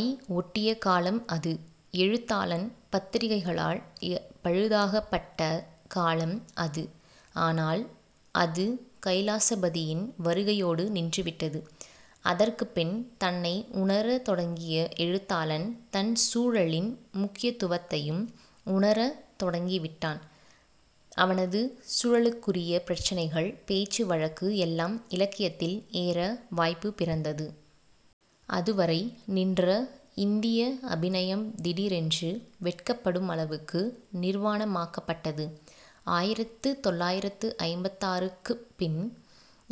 ஐ ஒட்டிய காலம் அது. எழுத்தாளன் பத்திரிகைகளால் பழுதாக்கப்பட்ட காலம் அது. ஆனால் அது கைலாசபதியின் வருகையோடு நின்றுவிட்டது. அதற்குப்பின் தன்னை உணரத் தொடங்கிய எழுத்தாளன் தன் சூழலின் முக்கியத்துவத்தையும் உணரத் தொடங்கிவிட்டான். அவனது சூழலுக்குரிய பிரச்சினைகள், பேச்சு வழக்கு எல்லாம் இலக்கியத்தில் ஏற வாய்ப்பு பிறந்தது. அதுவரை நின்ற இந்திய அபிநயம் திடீரென்று வெட்கப்படுமளவுக்கு நிர்வாணமாக்கப்பட்டது. ஆயிரத்து தொள்ளாயிரத்து ஐம்பத்தாறு-க்குப் பின்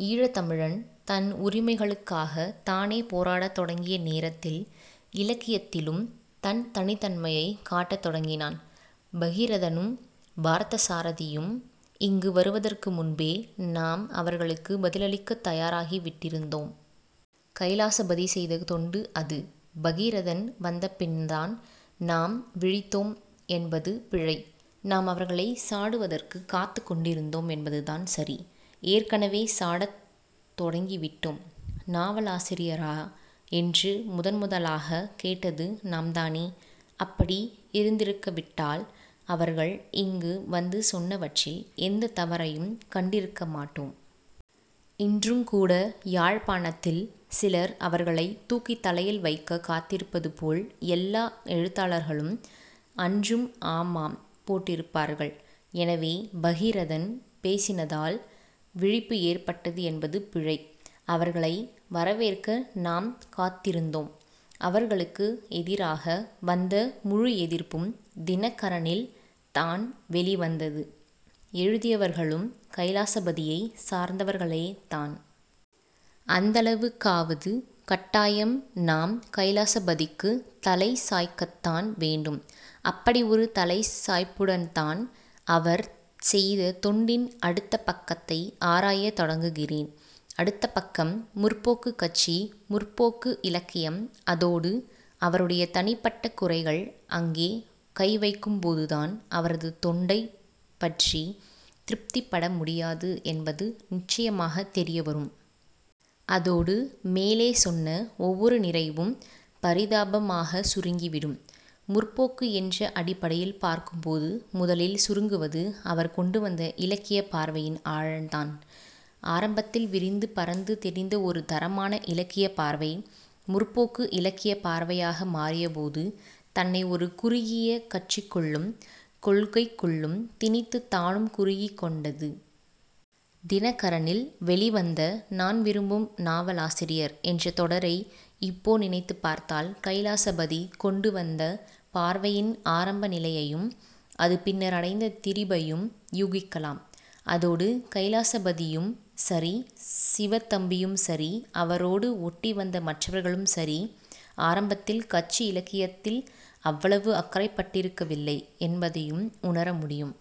ஈழத் தமிழன் தன் உரிமைகளுக்காகத் தானே போராடத் தொடங்கிய நேரத்தில் இலக்கியத்திலும் தன் தனித்தன்மையைக் காட்டத் தொடங்கினான். பகீரதனும் பார்த்தசாரதியும் இங்கு வருதற்கு முன்பே நாம் அவர்களுக்குப் பதிலளிக்கத் தயாராகிவிட்டிருந்தோம். கைலாசபதி செய்த தொண்டு அது. பகீரதன் வந்தபின்தான் நாம் விழித்தோம் என்பது பிழை. நாம் அவர்களைச் சாடுவதற்குக் காத்துக் கொண்டிருந்தோம் என்பதுதான் சரி. ஏற்கனவே சாடத் தொடங்கிவிட்டோம். நாவலாசிரியரா?' என்று முதன்முதலாகக் கேட்டது நாம்தானே? அப்படி இருந்திருக்காவிட்டால் அவர்கள் இங்கு வந்து சொன்னவற்றில் எந்தத் தவறையும் கண்டிருக்க மாட்டோம். இன்றுங்கூட யாழ்ப்பாணத்தில் சிலர் அவர்களைத் தூக்கித் தலையில் வைக்கக் காத்திருப்பதுபோல் எல்லா எழுத்தாளர்களும் அன்றும் ஆமாம் போட்டிருப்பார்கள். எனவே, பகீரதன் பேசினதால் விழிப்பு ஏற்பட்டது என்பது பிழை. அவர்களை 'வரவேற்க' நாம் காத்திருந்தோம். அவர்களுக்கு எதிராக வந்த முழு எதிர்ப்பும் 'தினகரனி'ல் தான் வெளிவந்தது. எழுதியவர்களும் கைலாசபதியைச் சார்ந்தவர்களேதான். அந்தளவுக்காவது கட்டாயம் நாம் கைலாசபதிக்குத் தலை சாய்க்கத்தான் வேண்டும். அப்படி ஒரு தலை சாய்ப்புடன்தான் அவர் செய்த தொண்டின் அடுத்த பக்கத்தை ஆராயத் தொடங்குகிறேன். அடுத்த பக்கம் 'முற்போக்கு'க் கட்சி, 'முற்போக்கு' இலக்கியம், அதோடு அவருடைய தனிப்பட்ட குறைகள். அங்கே கைவைக்கும்போதுதான் அவரது தொண்டைப் பற்றித் திருப்திப்படமுடியாது என்பது நிச்சயமாகத் தெரியவரும். அதோடு மேலே சொன்ன ஒவ்வொரு நிறைவும் பரிதாபமாகச் சுருங்கிவிடும். 'முற்போக்கு' என்ற அடிப்படையில் பார்க்கும்போது முதலில் சுருங்குவது அவர் கொண்டுவந்த இலக்கியப் பார்வையின் ஆழந்தான். ஆரம்பத்தில் விரிந்து பரந்து தெரிந்த ஒரு தரமான இலக்கியப் பார்வை 'முற்போக்கு' இலக்கியப் பார்வையாக மாறியபோது தன்னை ஒரு குறுகிய கட்சிக்குள்ளும் கொள்கைக்குள்ளும் திணித்துத் தானும் குறுகிக்கொண்டது. 'தினகரனி'ல் வெளிவந்த 'நான் விரும்பும் நாவலாசிரியர்' என்ற தொடரை இப்போ நினைத்துப் பார்த்தால் கைலாசபதி கொண்டுவந்த பார்வையின் ஆரம்ப நிலையையும் அது பின்னர் அடைந்த திரிபையும் யூகிக்கலாம். அதோடு, கைலாசபதியும் சரி, சிவத்தம்பியும் சரி, அவரோடு ஒட்டிவந்த மற்றவர்களும் சரி, ஆரம்பத்தில் கட்சி இலக்கியத்தில் அவ்வளவு அக்கறைப்பட்டிருக்கவில்லை என்பதையும் உணர முடியும்.